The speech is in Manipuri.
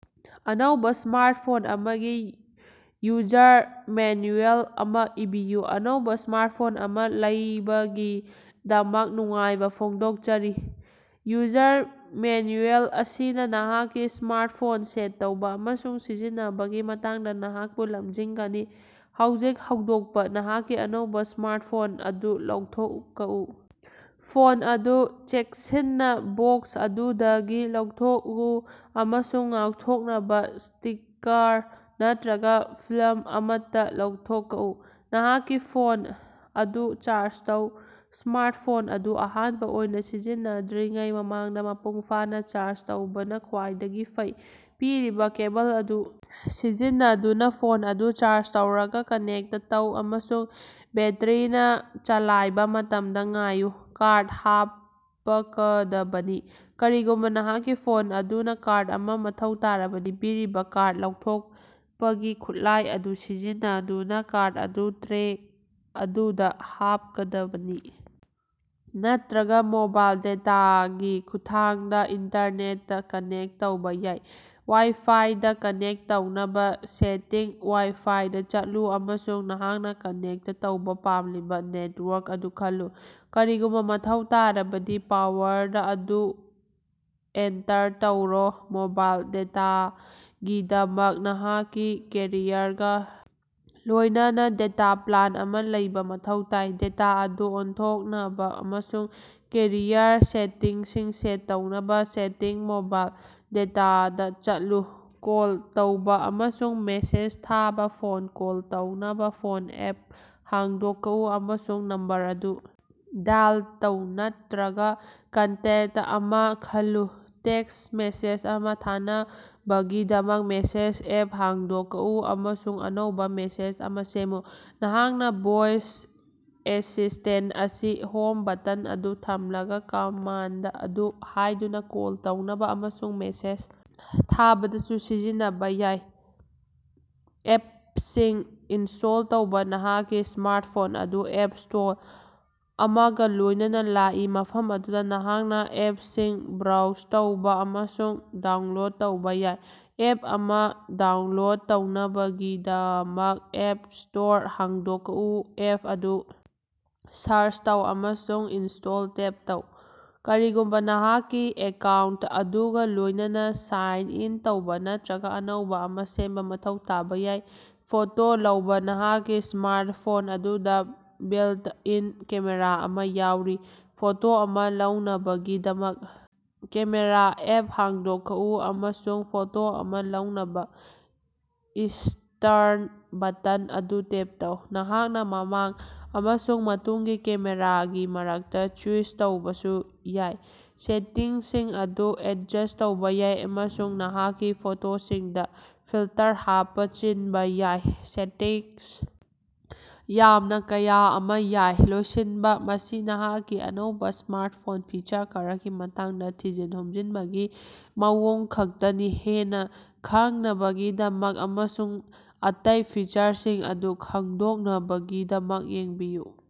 ꯑꯅꯧꯕꯥ ꯁ꯭ꯃꯥꯔꯠ ꯐꯣꯟ ꯑꯃꯒꯤ ꯌꯨꯖꯔ ꯃꯦꯟꯌꯨꯑꯦꯜ ꯑꯃꯥ ꯏꯕꯤꯌꯨ꯫ ꯑꯅꯧꯕꯥ ꯁ꯭ꯃꯥꯔꯇꯐꯣꯟ ꯑꯃꯥ ꯂꯧꯕꯒꯤꯗꯃꯛ ꯅꯨꯡꯉꯥꯏꯕꯥ ꯐꯣꯡꯗꯣꯀꯆꯔꯤ! ꯌꯨꯖꯔ ꯃꯦꯟꯌꯨꯑꯦꯜ ꯑꯁꯤꯅꯥ ꯅꯍꯥꯛꯀꯤ ꯁ꯭ꯃꯥꯔꯇꯐꯣꯟ ꯁꯦꯠ ꯇꯧꯕꯥ ꯑꯃꯁꯨꯡ ꯁꯤꯖꯤꯟꯅꯕꯒꯤ ꯃꯇꯥꯡꯗꯥ ꯅꯍꯥꯛꯄꯨ ꯂꯝꯖꯤꯡꯒꯅꯤ꯫ ꯍꯧꯖꯤꯛ ꯍꯧꯗꯣꯛꯄꯥ ꯅꯍꯥꯛꯀꯤ ꯑꯅꯧꯕꯥ ꯁ꯭ꯃꯥꯔꯇꯐꯣꯟ ꯑꯗꯨ ꯂꯧꯊꯣꯛꯎ: ꯐꯣꯟ ꯑꯗꯨ ꯆꯦꯛꯁꯤꯟꯅꯥ ꯕꯣꯛꯁ ꯑꯗꯨꯗꯒꯤ ꯂꯧꯊꯣꯀꯎ ꯑꯃꯁꯨꯡ ꯉꯥꯛꯊꯣꯛꯅꯕꯥ ꯁ꯭ꯇꯤꯀꯥꯔ ꯅꯠꯇꯔꯒꯥ ꯐꯤꯜꯝ ꯑꯃꯠꯇꯥ ꯂꯧꯊꯣꯀꯎ꯫ ꯅꯍꯥꯛꯀꯤ ꯐꯣꯟ ꯑꯗꯨ ꯆꯥꯔꯖ ꯇꯧ: ꯁ꯭ꯃꯥꯔꯇꯐꯣꯟ ꯑꯗꯨ ꯑꯍꯥꯟꯕꯥ ꯑꯣꯏꯅꯥ ꯁꯤꯖꯤꯟꯅꯗ꯭ꯔꯤꯉꯩ ꯃꯃꯥꯡꯗꯥ ꯃꯄꯨꯡ ꯐꯥꯅꯥ ꯆꯥꯔꯖ ꯇꯧꯕꯅꯥ ꯈ꯭ꯋꯥꯏꯗꯒꯤ ꯐꯩ꯫ ꯄꯤꯔꯤꯕꯥ ꯀꯦꯕꯜ ꯑꯗꯨ ꯁꯤꯖꯤꯟꯅꯗꯨꯅꯥ ꯐꯣꯟ ꯑꯗꯨ ꯆꯥꯔꯖ ꯇꯧꯔꯒꯥ ꯀꯅꯦꯛꯇ ꯇꯧ ꯑꯃꯁꯨꯡ ꯕꯦꯇꯔꯤꯅꯥ ꯆꯂꯥꯏꯕꯥ ꯃꯇꯝꯗꯥ ꯉꯥꯏꯌꯨ꯫ ꯀꯥꯔꯗ ꯍꯥꯄꯀꯗꯕꯅꯤ: ꯀꯔꯤꯒꯨꯝꯕꯥ ꯅꯍꯥꯛꯀꯤ ꯐꯣꯟ ꯑꯗꯨꯅꯥ ꯀꯥꯔꯗ ꯑꯃꯥ ꯃꯊꯧ ꯇꯥꯔꯕꯗꯤ, ꯄꯤꯔꯤꯕꯥ ꯀꯥꯔꯗ ꯂꯧꯊꯣꯛꯄꯒꯤ ꯈꯨꯠꯂꯥꯏ ꯑꯗꯨ ꯁꯤꯖꯤꯟꯅꯗꯨꯅꯥ ꯀꯥꯔꯗ ꯑꯗꯨ ꯇ꯭ꯔꯦ ꯑꯗꯨꯗꯥ ꯍꯥꯄꯀꯗꯕꯅꯤ꯫ ꯅꯠꯇ꯭ꯔꯒꯥ ꯃꯣꯕꯥꯏꯜ ꯗꯦꯇꯥꯒꯤ ꯈꯨꯠꯊꯥꯡꯗꯥ ꯏꯟꯇꯔꯅꯦꯇꯇꯥ ꯀꯅꯦꯛꯇ ꯇꯧꯕꯥ ꯌꯥꯏ꯫ ꯋꯥꯏ-ꯐꯥꯏꯗꯥ ꯀꯅꯦꯛꯇ ꯇꯧꯅꯕꯥ, ꯁꯦꯇꯤꯡꯁ ꯋꯥꯏ-ꯐꯥꯏꯗꯥ ꯆꯠꯂꯨ ꯑꯃꯁꯨꯡ ꯅꯍꯥꯛꯅꯥ ꯀꯅꯦꯛꯇ ꯇꯧꯕꯥ ꯄꯥꯝꯂꯤꯕꯥ ꯅꯦꯇꯋꯥꯔꯛ ꯑꯗꯨ ꯈꯜꯂꯨ꯫ ꯀꯔꯤꯒꯨꯝꯕꯥ ꯃꯊꯧ ꯇꯥꯔꯕꯗꯤ ꯄꯥꯁꯋꯥꯔꯗ ꯑꯗꯨ ꯑꯦꯟꯇꯔ ꯇꯧꯔꯣ꯫ ꯃꯣꯕꯥꯏꯜ ꯗꯦꯇꯥꯒꯤꯗꯃꯛ, ꯅꯍꯥꯛꯀꯤ ꯀꯦꯔꯤꯌꯔꯒꯥ ꯂꯣꯏꯅꯅꯥ ꯗꯦꯇꯥ ꯄ꯭ꯂꯥꯟ ꯑꯃꯥ ꯂꯩꯕꯥ ꯃꯊꯧ ꯇꯥꯏ꯫ ꯗꯦꯇꯥ ꯑꯗꯨ ꯑꯣꯟꯊꯣꯛꯅꯕꯥ ꯑꯃꯁꯨꯡ ꯀꯦꯔꯤꯌꯔ ꯁꯦꯇꯤꯡꯁꯤꯡ ꯁꯦꯠ ꯇꯧꯅꯕꯥ ꯁꯦꯇꯤꯡꯁ ꯃꯣꯕꯥꯏꯜ ꯗꯦꯇꯥꯗꯥ ꯆꯠꯂꯨ꯫ ꯀꯣꯜ ꯇꯧꯕꯥ ꯑꯃꯁꯨꯡ ꯃꯦꯁꯦꯖ ꯊꯥꯕꯥ ꯐꯣꯟ ꯀꯣꯜ ꯇꯧꯅꯕꯥ ꯐꯣꯟ ꯑꯦꯞ ꯍꯥꯡꯗꯣꯛꯎ ꯑꯃꯁꯨꯡ ꯅꯝꯕꯔ ꯑꯗꯨ ꯗꯥꯏꯜ ꯇꯧ ꯅꯠꯇ꯭ꯔꯒꯥ ꯀꯟꯇꯦꯛꯇ ꯑꯃꯥ ꯈꯜꯂꯨ꯫ ꯇꯦꯛꯁꯠ ꯃꯦꯁꯦꯖ ꯑꯃꯥ ꯊꯥꯅꯕꯒꯤꯗꯃꯛ, ꯃꯦꯁꯦꯖ ꯑꯦꯞ ꯍꯥꯡꯗꯣꯀꯎ ꯑꯃꯁꯨꯡ ꯑꯅꯧꯕꯥ ꯃꯦꯁꯦꯖ ꯑꯃꯥ ꯁꯦꯝꯃꯨ꯫ ꯅꯍꯥꯛꯅꯥ ꯚꯣꯏꯁ ꯑꯦꯁꯤꯁ꯭ꯇꯦꯟꯇ ꯑꯁꯤ ꯍꯣꯝ ꯕꯇꯟ ꯑꯗꯨ ꯊꯝꯂꯒꯥ ꯀꯃꯥꯟꯗ ꯑꯗꯨ ꯍꯥꯏꯗꯨꯅꯥ ꯀꯣꯜ ꯇꯧꯕꯥ ꯑꯃꯁꯨꯡ ꯃꯦꯁꯦꯖ ꯊꯥꯕꯗꯁꯨ ꯁꯤꯖꯤꯟꯅꯕꯥ ꯌꯥꯏ꯫ ꯑꯦꯄꯁꯤꯡ ꯏꯟꯁ꯭ꯇꯣꯜ ꯇꯧꯕꯥ ꯅꯍꯥꯛꯀꯤ ꯁ꯭ꯃꯥꯔꯇꯐꯣꯟ ꯑꯗꯨ ꯑꯦꯞ ꯁ꯭ꯇꯣꯔ ꯑꯃꯒꯥ ꯂꯣꯏꯅꯅꯥ ꯂꯥꯛꯏ, ꯃꯐꯝ ꯑꯗꯨꯗꯥ ꯅꯍꯥꯛꯅꯥ ꯑꯦꯄꯁꯤꯡ ꯕ꯭ꯔꯣꯎꯖ ꯇꯧꯕꯥ ꯑꯃꯁꯨꯡ ꯗꯥꯎꯟꯂꯣꯗ ꯇꯧꯕꯥ ꯌꯥꯏ꯫ ꯑꯦꯞ ꯑꯃꯥ ꯗꯥꯎꯟꯂꯣꯗ ꯇꯧꯅꯕꯒꯤꯗꯃꯛ, ꯑꯦꯞ ꯁ꯭ꯇꯣꯔ ꯍꯥꯡꯗꯣꯀꯎ, ꯑꯦꯞ ꯑꯗꯨ ꯁꯥꯔꯆ ꯇꯧ, ꯑꯃꯁꯨꯡ ꯏꯟꯁ꯭ꯇꯣꯜ ꯇꯦꯞ ꯇꯧ꯫ ꯀꯔꯤꯒꯨꯝꯕꯥ ꯅꯍꯥꯛꯀꯤ ꯑꯦꯀꯥꯎꯟꯇ ꯑꯗꯨꯒꯥ ꯂꯣꯏꯅꯅꯥ ꯁꯥꯏꯟ ꯏꯟ ꯇꯧꯕꯥ ꯅꯠꯇ꯭ꯔꯒꯥ ꯑꯅꯧꯕꯥ ꯑꯃꯥ ꯁꯦꯝꯕꯥ ꯃꯊꯧ ꯇꯥꯕꯥ ꯌꯥꯏ꯫ ꯐꯣꯇꯣ ꯂꯧꯕꯥ ꯅꯍꯥꯛꯀꯤ ꯁ꯭ꯃꯥꯔꯇꯐꯣꯟ ꯑꯗꯨꯗꯥ ꯕꯤꯜꯇ-ꯏꯟ ꯀꯦꯃꯦꯔꯥ ꯑꯃꯥ ꯌꯥꯎꯔꯤ꯫ ꯐꯣꯇꯣ ꯑꯃꯥ ꯂꯧꯅꯕꯒꯤꯗꯃꯛ, ꯀꯦꯃꯦꯔꯥ ꯑꯦꯞ ꯍꯥꯡꯗꯣꯀꯎ, ꯑꯃꯁꯨꯡ ꯐꯣꯇꯣ ꯑꯃꯥ ꯂꯧꯅꯕꯥ ꯏꯁꯇ꯭ꯔꯠ ꯕꯇꯟ ꯑꯗꯨ ꯇꯦꯞ ꯇꯧ꯫ ꯅꯍꯥꯛꯅꯥ ꯃꯃꯥꯡ ꯑꯃꯁꯨꯡ ꯃꯇꯨꯡꯒꯤ ꯀꯦꯃꯦꯔꯥꯒꯤ ꯃꯔꯛꯇꯥ ꯁꯨꯏꯆ ꯇꯧꯕꯁꯨ ꯌꯥꯏ, ꯁꯦꯇꯤꯡꯁꯤꯡ ꯑꯗꯨ ꯑꯦꯗꯖꯁ꯭ꯠ ꯇꯧꯕꯥ ꯌꯥꯏ ꯑꯃꯁꯨꯡ ꯅꯍꯥꯛꯀꯤ ꯐꯣꯇꯣꯁꯤꯡꯗꯥ ꯐꯤꯜꯇꯔ ꯍꯥꯄꯆꯤꯟꯕꯥ ꯌꯥꯏ꯫ ꯁꯦꯇꯤꯡꯁ ꯌꯥꯝꯅꯥ ꯀꯌꯥ ꯑꯃꯥ ꯌꯥꯏ꯫ ꯂꯣꯏꯁꯤꯟꯕꯥ ꯃꯁꯤ ꯅꯍꯥꯛꯀꯤ ꯑꯅꯧꯕꯥ ꯁ꯭ꯃꯥꯔꯇꯐꯣꯟ ꯐꯤꯆꯔ ꯈꯔꯒꯤ ꯃꯇꯥꯡꯗꯥ ꯊꯤꯖꯤꯟ ꯍꯨꯝꯖꯤꯟꯕꯒꯤ ꯃꯑꯣꯡ ꯈꯛꯇꯅꯤ꯫ ꯍꯦꯟꯅꯥ ꯈꯪꯅꯕꯒꯤꯗꯃꯛ ꯑꯃꯁꯨꯡ ꯑꯇꯩ ꯐꯤꯆꯔꯁꯤꯡ ꯑꯗꯨ ꯈꯪꯗꯣꯛꯅꯕꯒꯤꯗꯃꯛ, ꯌꯦꯡꯕꯤꯌꯨ꯫